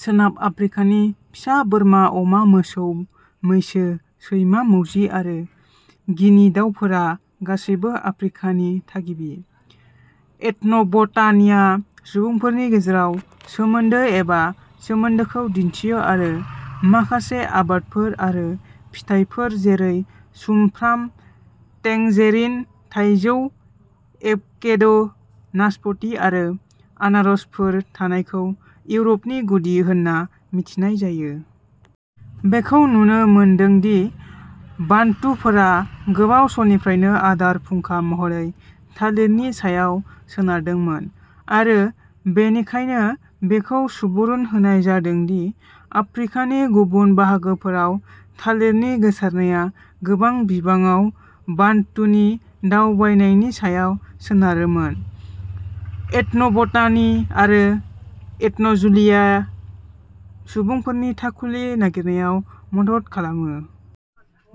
सोनाब आफ्रिकानि फिसा बोरमा अमा मोसौ मैसो सैमा मावजि आरो गिनि दावफोरा गासैबो आफ्रिकानि थागिबि। एथन'बटानिआ सुबुंफोरनि गेजेराव सोमोन्दो एबा सोमोन्दोखौ दिन्थियो आरो माखासे आबादफोर आरो फिथाइफोर जेरै सुमफ्राम टेंजेरिन थाइजौ एभकेड' नासपति आरो आनारसफोर थानायखौ इउर'पनि गुदि होनना मिथिनाय जायो। बेखौ नुनो मोनदों दि बान्टुफोरा गोबाव समनिफ्रायनो आदार फुंखा महरै थालिरनि सायाव सोनारदोंमोन आरो बेनिखायनो बेखौ सुबुरुन होनाय जादों दि आफ्रिकानि गुबुन बाहागोफोराव थालिरनि गोसारनाया गोबां बिबाङाव बान्टुनि दावबायनायनि सायाव सोनारोमोन। एथन'बटानि आरो एथन'जुलिया सुबुंफोरनि थाखुलि नागिरनायाव मदद खालामो।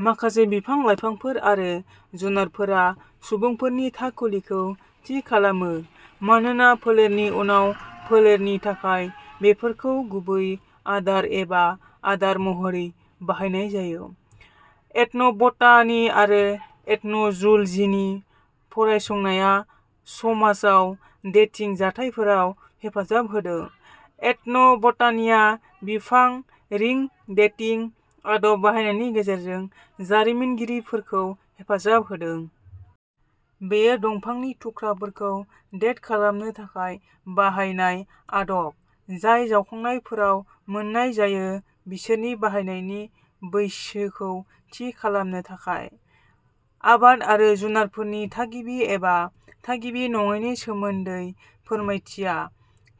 माखासे बिफां लाइफांफोर आरो जुनारफोरा सुबुंफोरनि थाखुलिखौ थि खालामो मानोना फोलेरनि उनाव फोलेरनि थाखाय बेफोरखौ गुबै आदार एबा आदार महरै बाहायनाय जायो। एथन'बटानि आरो एथन'जुलजिनि फरायसंनाया समाजाव डेटिं जाथायफोराव हेफाजाब होदों। एथन'बटानिआ बिफां रिं डेटिं आदब बाहायनायनि गेजेरजों जारिमिनगिरिफोरखौ हेफाजाब होदों। बेयो दंफांनि थुख्राफोरखौ डेट खालामनो थाखाय बाहायनाय आदब जाय जावखांनायफोराव मोन्नाय जायो बिसोरनि बाहायनायनि बैसोखौ थि खालामनो थाखाय। आबाद आरो जुनारफोरनि थागिबि एबा थागिबि नङैनि सोमोन्दै फोरमायथिया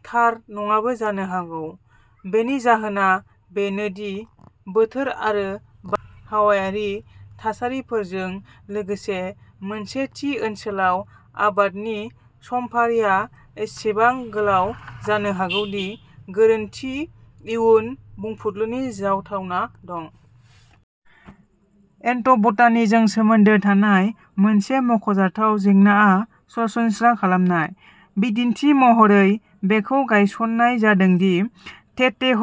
थार नङाबो जानो हागौ। बेनि जाहोना बेनो दि बोथोर आरो बारहावायारि थासारिफोरजों लोगोसे मोनसे थि ओनसोलाव आबादनि समफारिआ एसेबां गोलाव जानो हागौ दि गोरोन्थि इयुन बुंफुरलुनि जावथावना दं। एथन'बटानिजों सोमोन्दो थानाय मोनसे मख'जाथाव जेंनाआ सरासनस्रा खालामनाय। बिदिन्थि महरै बेखौ गायसननाय जादों दि टेटेह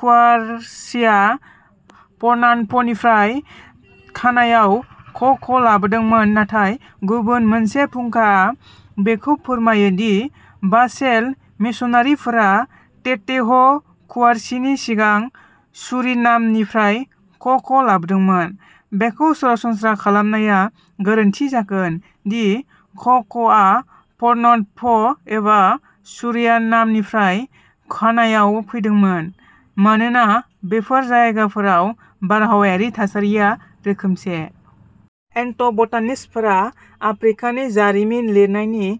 कुवारसिआ फर्नान्डपनिफ्राय घानायाव क' क' लाबोदोंमोन नाथाय गुबुन मोनसे फुंखाया बेखौ फोरमायो दि बासेल मिशनारिफोरा टेटेह कुवारसिनि सिगां सुरिनामनिफ्राय क' क' लाबोदोंमोन बेखौ सरासनस्रा खालामनाया गोरोन्थि जागोन दि क' क' आ फर्नन्डप एबा सुरिनामनिफ्राय घानायाव फैदोंमोन मानोना बेफोर जायगाफोराव बारहावायारि थासारिया रोखोमसे। एथन'बटानिस्टफोरा आफ्रिकानि जारिमिन लिरनायनि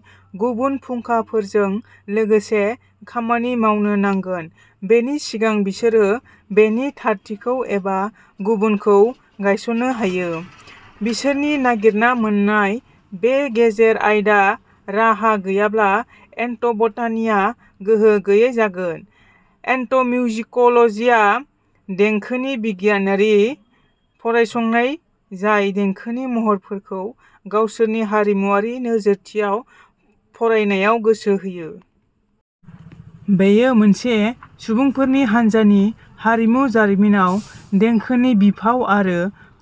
गुबुन फुंखाफोरजों लोगोसे खामानि मावनो नांगोन बेनि सिगां बिसोरो बेनि थारथिखौ एबा गुबुनखौ गायसननो हायो। बिसोरनि नागिरना मोन्नाय बे गेजेर आयदा राहा गैयाब्ला एथन'बटानिआ गोहो गैयै जागोन। एथन'मिउजिक'लजिया देंखोनि बिगियानारि फरायसंनाय जाय देंखोनि महरफोरखौ गावसोरनि हारिमुआरि नोजोरथियाव फरायनायाव गोसो होयो। बेयो मोनसे सुबुंफोरनि हान्जानि हारिमु जारिमिनाव देंखोनि बिफाव आरो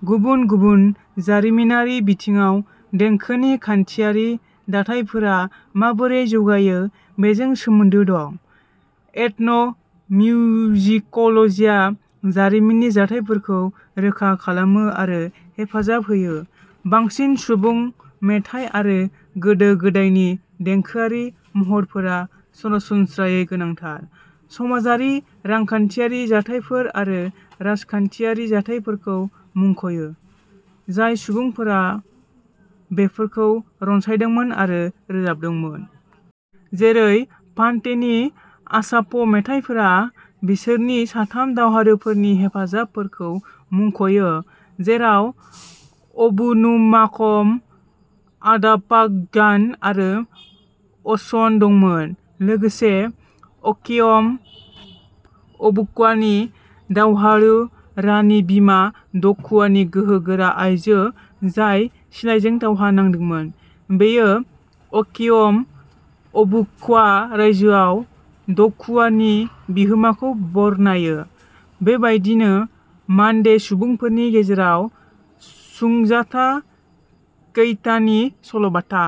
गुबुन गुबुन जारिमिनारि बिथिङाव देंखोनि खान्थियारि दाथायफोरा माबोरै जौगायो बेजों सोमोन्दो दं। एथन' मिउजिक'लजिया जारिमिननि जाथायफोरखौ रोखा खालामो आरो हेफाजाब होयो। बांसिन सुबुं मेथाइ आरो गोदो गोदायनि देंखोआरि महरफोरा सरासनस्रायै गोनांथार समाजारि रांखान्थियारि जाथायफोर आरो राजखान्थियारि जाथायफोरखौ मुंखयो जाय सुबुंफोरा बेफोरखौ रनसायदोंमोन आरो रोजाबदोंमोन। जेरै फान्तेनि आसाफ' मेथाइफोरा बिसोरनि साथाम दावहारुफोरनि हाबाफोरखौ मुंख'यो जेराव अबुनुमाकम अडापाग्यान आरो असन दंमोन। लोगोसे अकेयम अबुक्वानि दावहारु रानि बिमा ड'कुवा नि गोहो गोरा आइजो जाय सिलाइजों दावहा नांदोंमोन। बेयो अकेयम अबुक्वा रायजोआव ड'कुवा नि बिहोमाखौ बरनायो। बेबायदिनो मान्डे सुबुंफोरनि गेजेराव सुंजाता केइटानि सल'बाथा।